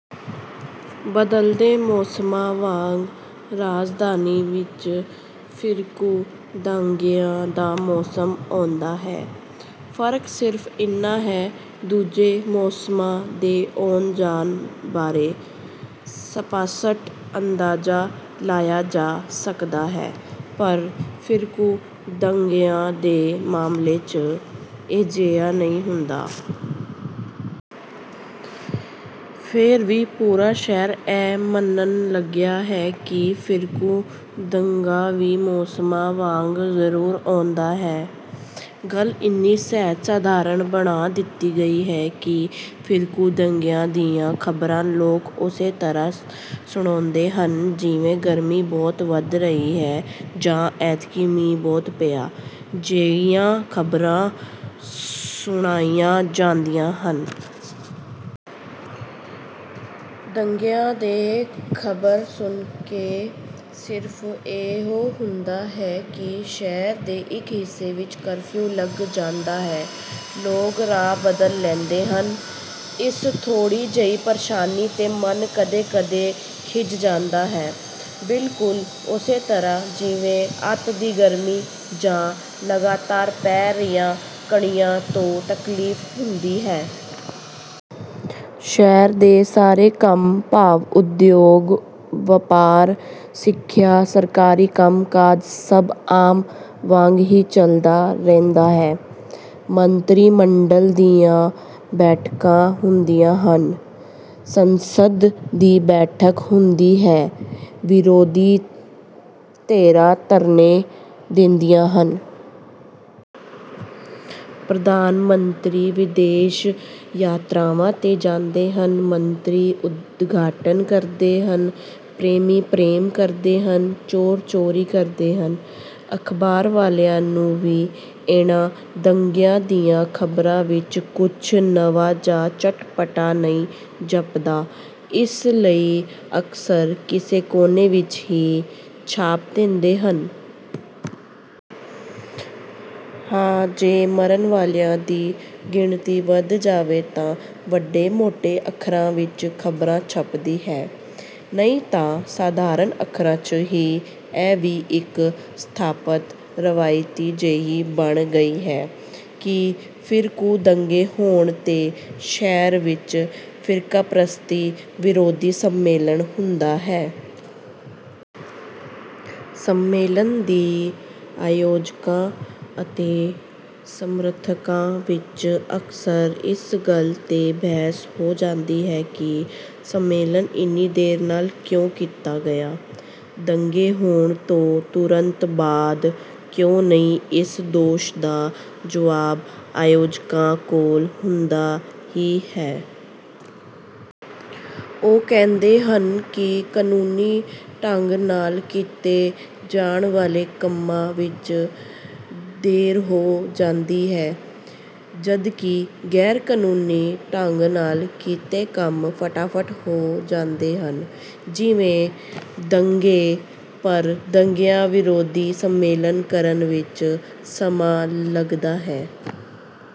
ਬਦਲਦੇ ਮੌਸਮਾਂ ਵਾਂਗ ਰਾਜਧਾਨੀ ਵਿੱਚ ਫਿਰਕੂ ਦੰਗਿਆਂ ਦਾ ਵੀ ਮੌਸਮ ਆਉਂਦਾ ਹੈ। ਫਰਕ ਸਿਰਫ ਏਨਾ ਹੈ ਦੂਜੇ ਮੌਸਮਾਂ ਦੇ ਆਉਣ-ਜਾਣ ਬਾਰੇ ਸਪੱਸ਼ਟ ਅੰਦਾਜ਼ਾ ਲਾਇਆ ਜਾ ਸਕਦਾ ਹੈ, ਪਰ ਫਿਰਕੂ ਦੰਗਿਆਂ ਦੇ ਮਾਮਲੇ 'ਚ ਅਜਿਹਾ ਨਹੀਂ ਹੁੰਦਾ। ਫਿਰ ਵੀ ਪੂਰਾ ਸ਼ਹਿਰ ਇਹ ਮੰਨਣ ਲੱਗਿਆ ਹੈ ਕਿ ਫਿਰਕੂ ਦੰਗਾ ਵੀ ਮੌਸਮਾਂ ਵਾਂਗ ਜ਼ਰੂਰ ਆਉਂਦਾ ਹੈ। ਗੱਲ ਇੰਨੀ ਸਹਿਜ-ਸਧਾਰਨ ਬਣਾ ਦਿੱਤੀ ਗਈ ਹੈ ਕਿ ਫਿਰਕੂ ਦੰਗਿਆਂ ਦੀਆਂ ਖ਼ਬਰਾਂ ਲੋਕ ਉਸੇ ਤਰ੍ਹਾਂ ਸੁਣਾਉਂਦੇ ਹਨ ਜਿਵੇਂ "ਗਰਮੀ ਬਹੁਤ ਵਧ ਗਈ ਹੈ' ਜਾਂ "ਐਤਕੀਂ ਮੀਂਹ ਬਹੁਤ ਪਿਆ" ਜਿਹੀਆਂ ਖਬਰਾਂ ਸੁਣਾਈਆਂ ਜਾਂਦੀਆਂ ਹਨ। ਦੰਗਿਆਂ ਦੀ ਖ਼ਬਰ ਸੁਣ ਕੇ ਸਿਰਫ ਇਹੋ ਹੁੰਦਾ ਹੈ ਕਿ ਸ਼ਹਿਰ ਦੇ ਇੱਕ ਹਿੱਸੇ ਵਿੱਚ ਕਰਫਿਊ ਲੱਗ ਜਾਂਦਾ ਹੈ। ਲੋਕ ਰਾਹ ਬਦਲ ਲੈਂਦੇ ਹਨ। ਇਸ ਥੋੜੀ ਜਿਹੀ ਪ੍ਰੇਸ਼ਾਨੀ 'ਤੇ ਮਨ ਕਦੇ-ਕਦੇ ਖਿਝ ਜਾਂਦੇ ਹਨ, ਬਿਲਕੁਲ ਉਸੇ ਤਰ੍ਹਾਂ ਜਿਵੇਂ ਅੱਤ ਦੀ ਗਰਮੀ ਜਾਂ ਲਗਾਤਾਰ ਪੈ ਰਹੀਆਂ ਕਣੀਆਂ ਤੋਂ ਤਕਲੀਫ ਹੁੰਦੀ ਹੈ। ਸ਼ਹਿਰ ਦੇ ਸਾਰੇ ਕੰਮ ਭਾਵ ਉਦਯੋਗ, ਵਪਾਰ, ਸਿੱਖਿਆ, ਸਰਕਾਰੀ ਕੰਮ-ਕਾਜ ਸਭ ਆਮ ਵਾਂਗ ਹੀ ਚਲਦਾ ਰਹਿੰਦਾ ਹੈ। ਮੰਤਰੀ ਮੰਡਲ਼ ਦੀਆਂ ਬੈਠਕਾਂ ਹੁੰਦੀਆਂ ਹਨ। ਸੰਸਦ ਦੀ ਬੈਠਕ ਹੁੰਦੀ ਹੈ। ਵਿਰੋਧੀ ਧਿਰਾਂ ਧਰਨੇ ਦਿੰਦੀਆਂ ਹਨ। ਪ੍ਰਧਾਨ ਮੰਤਰੀ ਵਿਦੇਸ਼ ਯਾਤਰਾਵਾਂ 'ਤੇ ਜਾਂਦੇ ਹਨ, ਮੰਤਰੀ ਉਦਘਾਟਨ ਕਰਦੇ ਹਨ, ਪ੍ਰੇਮੀ ਪ੍ਰੇਮ ਕਰਦੇ ਹਨ, ਚੋਰ ਚੋਰੀ ਕਰਦੇ ਹਨ। ਅਖ਼ਬਾਰ ਵਾਲ਼ਿਆਂ ਨੂੰ ਵੀ ਇਹਨਾਂ ਦੰਗਿਆਂ ਦੀਆਂ ਖ਼ਬਰਾਂ ਵਿੱਚ ਕੁੱਝ ਨਵਾਂ ਜਾਂ ਚਟਪਟਾ ਨਹੀਂ ਜਾਪਦਾ, ਇਸ ਲਈ ਅਕਸਰ ਕਿਸੇ ਕੋਨੇ ਵਿੱਚ ਹੀ ਛਾਪ ਦਿੰਦੇ ਹਨ। ਹਾਂ ਜੇ ਮਰਨ ਵਾਲ਼ਿਆਂ ਦੀ ਗਿਣਤੀ ਵਧ ਜਾਵੇ ਤਾਂ ਵੱਡੇ-ਮੋਟੇ ਅੱਖਰਾਂ ਵਿੱਚ ਖ਼ਬਰ ਛਪਦੀ ਹੈ, ਨਹੀਂ ਤਾਂ ਸਧਾਰਨ ਅੱਖਰਾਂ 'ਚ ਹੀ। ਇਹ ਵੀ ਇੱਕ ਸਥਾਪਤ ਰਵਾਇਤ ਜਿਹੀ ਬਣ ਗਈ ਹੈ ਕਿ ਫਿਰਕੂ ਦੰਗੇ ਹੋਣ 'ਤੇ ਸ਼ਹਿਰ ਵਿੱਚ "ਫਿਰਕਾਪ੍ਰਸਤੀ ਵਿਰੋਧੀ ਸੰਮੇਲਨ" ਹੁੰਦਾ ਹੈ। ਸੰਮੇਲਨ ਦੀ ਆਯੋਜਕਾਂ ਅਤੇ ਸਮਰਥਕਾਂ ਵਿੱਚ ਅਕਸਰ ਇਸ ਗੱਲ 'ਤੇ ਬਹਿਸ ਹੋ ਜਾਂਦੀ ਹੈ ਕਿ ਸੰਮੇਲਨ ਇੰਨੀ ਦੇਰ ਨਾਲ਼ ਕਿਉਂ ਕੀਤਾ ਗਿਆ, ਦੰਗੇ ਹੋਣ ਤੋਂ ਤੁਰੰਤ ਬਾਅਦ ਕਿਉਂ ਨਹੀਂ। ਇਸ ਦੋਸ਼ ਦਾ ਜਵਾਬ ਆਯੋਜਕਾਂ ਕੋਲ਼ ਹੁੰਦਾ ਹੀ ਹੈ। ਉਹ ਕਹਿੰਦੇ ਹਨ ਕਿ ਕਨੂੰਨੀ ਢੰਗ ਨਾਲ਼ ਕੀਤੇ ਜਾਣ ਵਾਲ਼ੇ ਕੰਮਾਂ ਵਿੱਚ ਦੇਰ ਹੋ ਹੀ ਜਾਂਦੀ ਹੈ। ਜਦਕਿ ਗੈਰ-ਕਨੂੰਨੀ ਢੰਗ ਨਾਲ਼ ਕੀਤੇ ਕੰਮ ਫਟਾਫਟ ਹੋ ਜਾਂਦੇ ਹਨ — ਜਿਵੇਂ ਦੰਗੇ। ਪਰ ਦੰਗਿਆਂ ਵਿਰੋਧੀ ਸੰਮੇਲਨ ਕਰਨ ਵਿੱਚ ਸਮਾਂ ਲਗਦਾ ਹੈ।